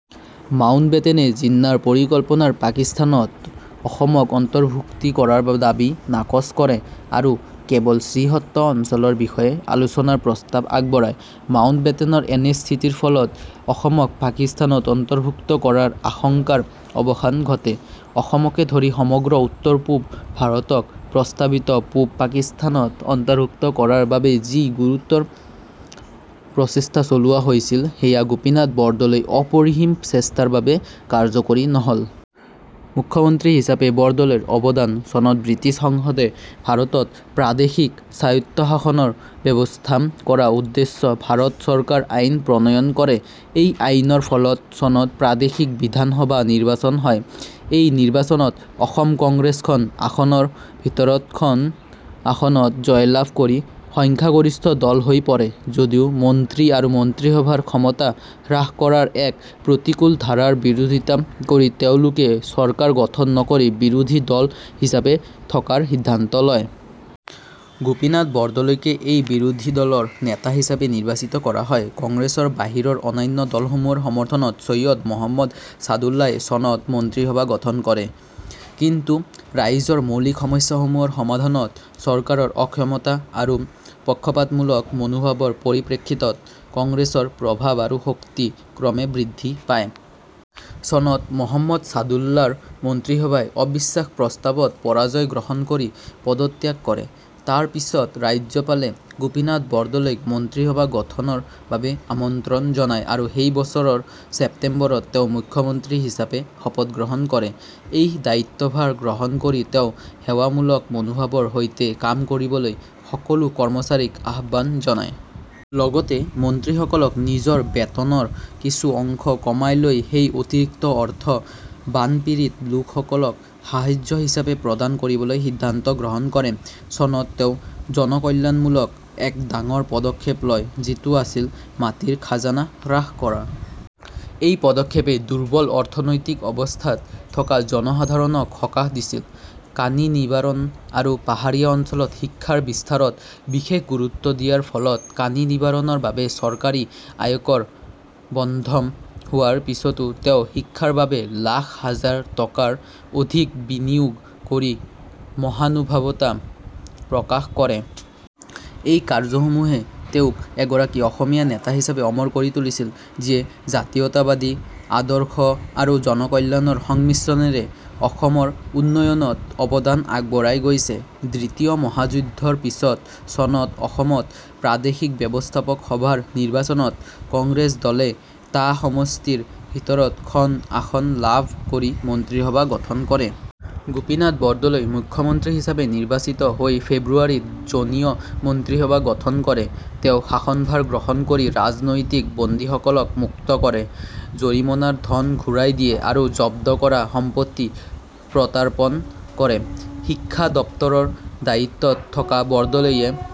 মাউণ্টবেটেনে জিন্নাৰ পৰিকল্পনাৰ পাকিস্তানত অসমক অন্তৰ্ভুক্তি কৰাৰ দাবী নাকচ কৰে আৰু কেৱল শ্ৰীহট্ট অঞ্চলৰ বিষয়ে আলোচনাৰ প্ৰস্তাৱ আগবঢ়ায়। মাউণ্টবেটেনৰ এনে স্থিতিৰ ফলত অসমক পাকিস্তানত অন্তৰ্ভুক্ত কৰাৰ আশংকাৰ অৱসান ঘটে। অসমকে ধৰি সমগ্ৰ উত্তৰ-পূব ভাৰতক প্ৰস্তাৱিত পূব পাকিস্তানত অন্তৰ্ভুক্ত কৰাৰ বাবে যি গুৰুতৰ প্ৰচেষ্টা চলোৱা হৈছিল; সেয়া গোপীনাথ বৰদলৈৰ অপৰিসীম চেষ্টাৰ বাবে কাৰ্যকৰী নহ'ল। মুখ্যমন্ত্ৰী হিচাপে বৰদলৈৰ অৱদান চনত ব্ৰিটিছ সংসদে ভাৰতত প্ৰাদেশিক স্বায়ত্তশাসনৰ ব্যৱস্থা কৰা উদ্দেশ্য ভাৰত চৰকাৰ আইন প্ৰণয়ন কৰে। এই আইনৰ ফলত চনত প্ৰাদেশিক বিধানসভা নিৰ্বাচন হয়। এই নিৰ্বাচনত অসম কংগ্ৰেছে খন আসনৰ ভিতৰত খন আসনত জয়লাভ কৰি সংখ্যাগৰিষ্ঠ দল হৈ পৰে, যদিও মন্ত্ৰী আৰু মন্ত্ৰীসভাৰ ক্ষমতা হ্ৰাস কৰাৰ এক প্ৰতিকূল ধাৰাৰ বিৰোধিতা কৰি তেওঁলোকে চৰকাৰ গঠন নকৰি বিৰোধী দল হিচাপে থকাৰ সিদ্ধান্ত লয়। গোপীনাথ বৰদলৈকে এই বিৰোধী দলৰ নেতা হিচাপে নিৰ্বাচিত কৰা হয়। কংগ্ৰেছৰ বাহিৰৰ অন্যান্য দলসমূহৰ সমৰ্থনত ছৈয়দ মহম্মদ ছাদুল্লাই চনত মন্ত্ৰীসভা গঠন কৰে। কিন্তু ৰাইজৰ মৌলিক সমস্যাসমূহৰ সমাধানত চৰকাৰৰ অক্ষমতা আৰু পক্ষপাতমূলক মনোভাৱৰ পৰিপ্ৰেক্ষিতত কংগ্ৰেছৰ প্ৰভাৱ আৰু শক্তি ক্ৰমে বৃদ্ধি পায়। চনত মহম্মদ ছাদুল্লাৰ মন্ত্ৰীসভাই অবিশ্বাস প্ৰস্তাৱত পৰাজয় গ্ৰহণ কৰি পদত্যাগ কৰে। তাৰ পিছত ৰাজ্যপালে গোপীনাথ বৰদলৈক মন্ত্ৰীসভা গঠনৰ বাবে আমন্ত্ৰণ জনায় আৰু সেই বছৰৰ ছেপ্তেম্বৰত তেওঁ মুখ্যমন্ত্ৰী হিচাপে শপত গ্ৰহণ কৰে। এই দায়িত্বভাৰ গ্ৰহণ কৰি তেওঁ সেৱামূলক মনোভাৱৰ সৈতে কাম কৰিবলৈ সকলো কৰ্মচাৰীক আহ্বান জনায়। লগতে মন্ত্ৰীসকলক নিজৰ বেতনৰ কিছু অংশ কমাই লৈ সেই অতিৰিক্ত অৰ্থ বানপীড়িত লোকসকলক সাহায্য হিচাপে প্ৰদান কৰিবলৈ সিদ্ধান্ত গ্ৰহণ কৰে। চনত তেওঁ জনকল্যাণমূলক এক ডাঙৰ পদক্ষেপ লয় যিটো আছিল মাটিৰ খাজনা হ্ৰাস কৰা। এই পদক্ষেপে দুৰ্বল অৰ্থনৈতিক অৱস্থাত থকা জনসাধাৰণক সকাহ দিছিল। কানি নিবাৰণ আৰু পাহাৰীয়া অঞ্চলত শিক্ষাৰ বিস্তাৰত বিশেষ গুৰুত্ব দিয়াৰ ফলত কানি নিবাৰণৰ বাবে চৰকাৰী আয়কৰ বন্ধ হোৱাৰ পিছতো তেওঁ শিক্ষাৰ বাবে লাখ হাজাৰ টকাৰ অধিক বিনিয়োগ কৰি মহানুভৱতা প্ৰকাশ কৰে। এই কাৰ্যসমূহে তেওঁক এগৰাকী অসমীয়া নেতা হিচাপে অমৰ কৰি তুলিছিল, যিয়ে জাতীয়তাবাদী আদৰ্শ আৰু জনকল্যাণৰ সংমিশ্ৰণেৰে অসমৰ উন্নয়নত অৱদান আগবঢ়াই গৈছে। দ্বিতীয় মহাযুদ্ধৰ পিছত চনত অসমত প্ৰাদেশিক ব্যৱস্থাপক সভাৰ নিৰ্বাচনত কংগ্ৰেছ দলে টা সমষ্টিৰ ভিতৰত খন আসন লাভ কৰি মন্ত্ৰীসভা গঠন কৰে। গোপীনাথ বৰদলৈ মুখ্যমন্ত্ৰী হিচাপে নিৰ্বাচিত হৈ ফেব্ৰুৱাৰীত জনীয়া মন্ত্ৰীসভা গঠন কৰে। তেওঁ শাসনভাৰ গ্ৰহণ কৰি ৰাজনৈতিক বন্দীসকলক মুক্ত কৰে, জৰিমনাৰ ধন ঘূৰাই দিয়ে আৰু জব্দ কৰা সম্পত্তি প্ৰত্যাৰ্পণ কৰে। শিক্ষা দপ্তৰৰ দায়িত্বত থকা বৰদলৈয়ে